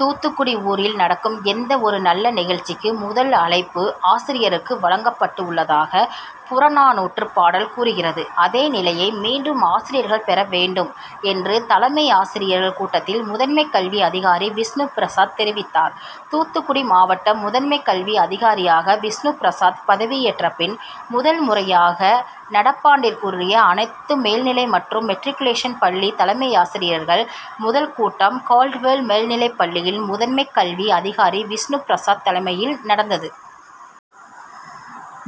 தூத்துக்குடி ஊரில் நடக்கும் எந்த ஒரு நல்ல நிகழ்ச்சிக்கு முதல் அழைப்பு ஆசிரியருக்கு வழங்கப்பட்டுள்ளதாக புறநானுற்று பாடல் கூறுகிறது. அதே நிலையை மீண்டும் ஆசிரியர்கள் பெற வேண்டும் என்று தலைமையாசிரியர்கள் கூட்டத்தில் முதன்மை கல்வி அதிகாரி விஷ்ணுபிரசாத் தெரிவித்தார். தூத்துக்குடி மாவட்ட முதன்மை கல்வி அதியாரியாக விஷ்ணுபிரசாத் பதவி ஏற்ற பின் முதல் முறையாக நடப்பாண்டிற்குரிய னத்து மேல்நிலை மற்றும் மெட்ரிக்குலேஷன் பள்ளி தலைமையாசிரியர்கள் முதல் கூட்டம் கால்டுவெல் மேல்நிலைப் பள்ளியில் முதன்மை கல்வி அதிகாரி விஷ்ணுபிரசாத் தலைமையில் நடந்தது.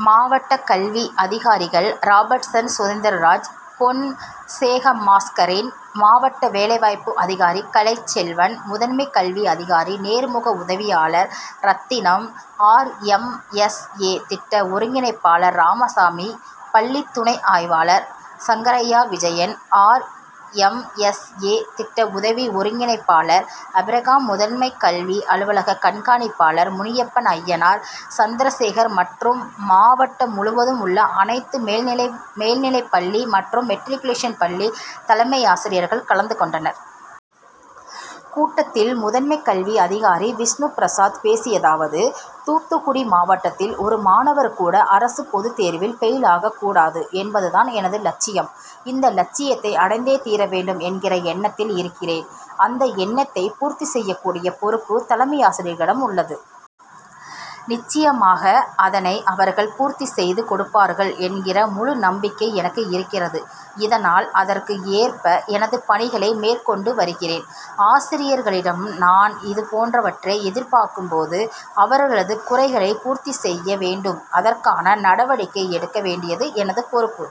மாவட்ட கல்வி அதிகாரிகள் ராபர்ட்சன் சுதந்திரராஜ் பொன்சேகாமஸ்கரின் மாவட்ட வேலைவாய்ப்பு அதிகாரி கலைச்செல்வன் முதன்மை கல்வி அதிகாரி நேர்முக உதவியாளர் ரத்தினம் ஆர்எம்எஸ்ஏ திட்ட ஒருங்கிணைப்பாளர் ராமசாமி பள்ளித்துணை ஆய்வர்கள் சங்கரய்யா விஜயன் ஆர்எம்எஸ்ஏ திட்ட உதவி ஒருங்கிணைப்பாளர் ஆபிரகாம் முதன்மை கல்வி அலுவலக கண்காணிப்பாளர் முனியப்பன் அய்யனார் சந்திரசேகர் மற்றும் மாவட்டம் முழுவதும் உள்ள அனைத்து மேல்நிலைப்பள்ளி மற்றும் மெட்ரிக்குலேஷன் பள்ளி தலைமையாசிரியர்கள் கலந்து கொண்டனர். கூட்டத்தில் முதன்மை கல்வி அதிகாரி விஷ்ணுபிரசாத் பேசியதாவது; தூத்துக்குடி மாவட்டத்தில் ஒரு மாணவர் கூட அரசு பொது தேர்வில் பெயில் ஆகக் கூடாது என்பது தான் எனது லட்சியம். இந்த லட்சியத்தை அடைந்தே தீரவேண்டும் என்கிற எண்ணத்தில் இருக்கிறேன். அந்த எண்ணத்தை பூர்த்தி செய்யக் கூடிய பொறுப்பு தலைமையாசிரியர்களிடம் உள்ளது. நிச்சயமாக அதனை அவர்கள் பூர்த்தி செய்து கொடுப்பார்கள் என்கிற முழு நம்பிக்கை எனக்கு இருக்கிறது. இதனால் அதற்கு ஏற்ப எனது பணிகளை மேற்கொண்டு வருகிறேன். ஆசிரியர்களிடம் நான் இதுபோன்றவற்றை எதிர்பார்க்கும் போது அவர்களது குறைகள் பூர்த்தி செய்யப்பட வேண்டும். அதற்கான நடவடிக்கை எடு க்க வேண்டியது எனது பொறுப்பு.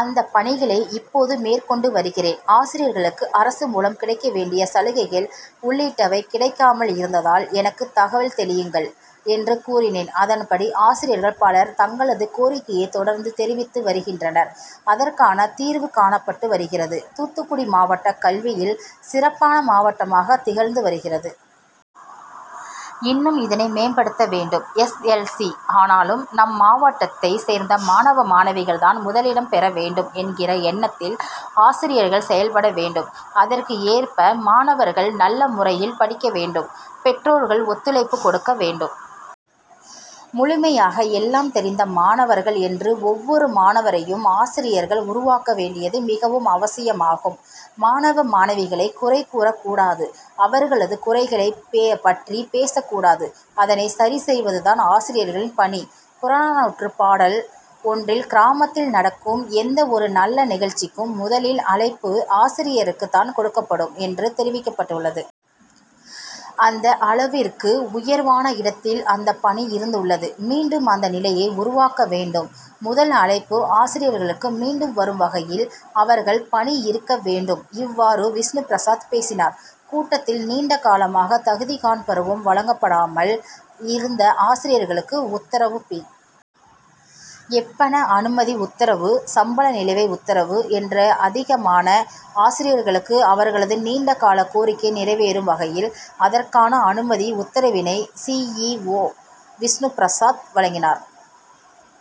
அந்த பணியினை இப்போது மேற்கொண்டு வருகிறேன். ஆசிரியர்களுக்கு அரசு மூலம் கிடைக்க வேண்டிய சலுகைகள் உள்ளிட்டவை கிடைக்காமல் இருந்தால் எனக்கு தகவல் தெரிவியுங்கள் என்று கூறினேன். அதன்படி ஆசிரியர்கள் பலர் தங்களது கோரிக்கையை தொடர்ந்து தெரிவித்து வருகின்றனர். அதற்கான தீர்வு காணப்பட்டு வருகிறது. தூத்துக்குடி மாவட்டம் கல்வியில் சிறப்பான மாவட்டமாக திக ழ்ந்து வருகிறது. இன்னும் இதனை மேம்படுத்த வேண்டும். எஸ். எல். சி ஆனாலும் நம் மாவட்டத்தை சேர்ந்த மாணவ மாணவிகள் தான் முதலிடம் பெற வேண்டும் என்கிற எண்ணத்தில் ஆசிரியர்கள் செயல்பட வேண்டும். அதற்கு ஏற்ப மாணவர்கள் நல்ல முறையில் படிக்க வேண்டும். பெற்றோர்கள் ஒத்துழைப்பு கொடுக்க வேண்டும். முழுமையாக எல்லாம் தெரிந்த மாணவர்கள் என்று ஒவ்வொரு மாணவரையும் ஆசிரியர்கள் உருவாக்க வேண்டியது மிகவும் அவசியமாகும். மாணவ மாணவிகளை குறை கூறக் கூடாது. அவர்களது குறைகளை பற்றி பேசக் கூடாது. அதனை சரி செய்வது தான் ஆசிரியர்கள் பணி. புறநானூற்று பாடல் ஒன்றில் கிராமத்தில் நடக்கும் எந்த ஒரு நல்ல நிகழ்ச்சிக்கும் முதலில் அழைப்பு ஆசிரியருக்கு தான் கொடுக்கப்படும் என்று தெரிவிக்கப்பட்டுள்ளது. அந்த அள விற்கு உயர்வான இடத்தில் அந்த பணி இருந்துள்ளது. மீண்டும் அந்த நிலையை உருவாக்க வேண்டும். முதல் அழைப்பு ஆசிரியர்களுக்கு மீண்டும் வரும் வகையில் அவர்கள் பணி இருக்க வேண்டும். இவ்வாறு விஷ்ணுபிரசாத் பேசினார். கூட்டத்தில் நீண்ட காலமாக தகுதி காண் பருவம் வழங்கப்படாமல் இருந்த ஆசிரியர்களுக்கு உத்தரவு பி. எப்பண அனுமதி உத்தரவு சம்பள நிலுவை உத்தரவு என்று அதிகமான ஆசிரியர்களுக்கு அவர்களது நீண்ட கால கோரிக்கை நிறைவேறும் வகையில் அதற்கான அனுமதி உத்தரவினை சி. இ. ஓ விஷ்ணுபிரசாத் வழங்கினார்.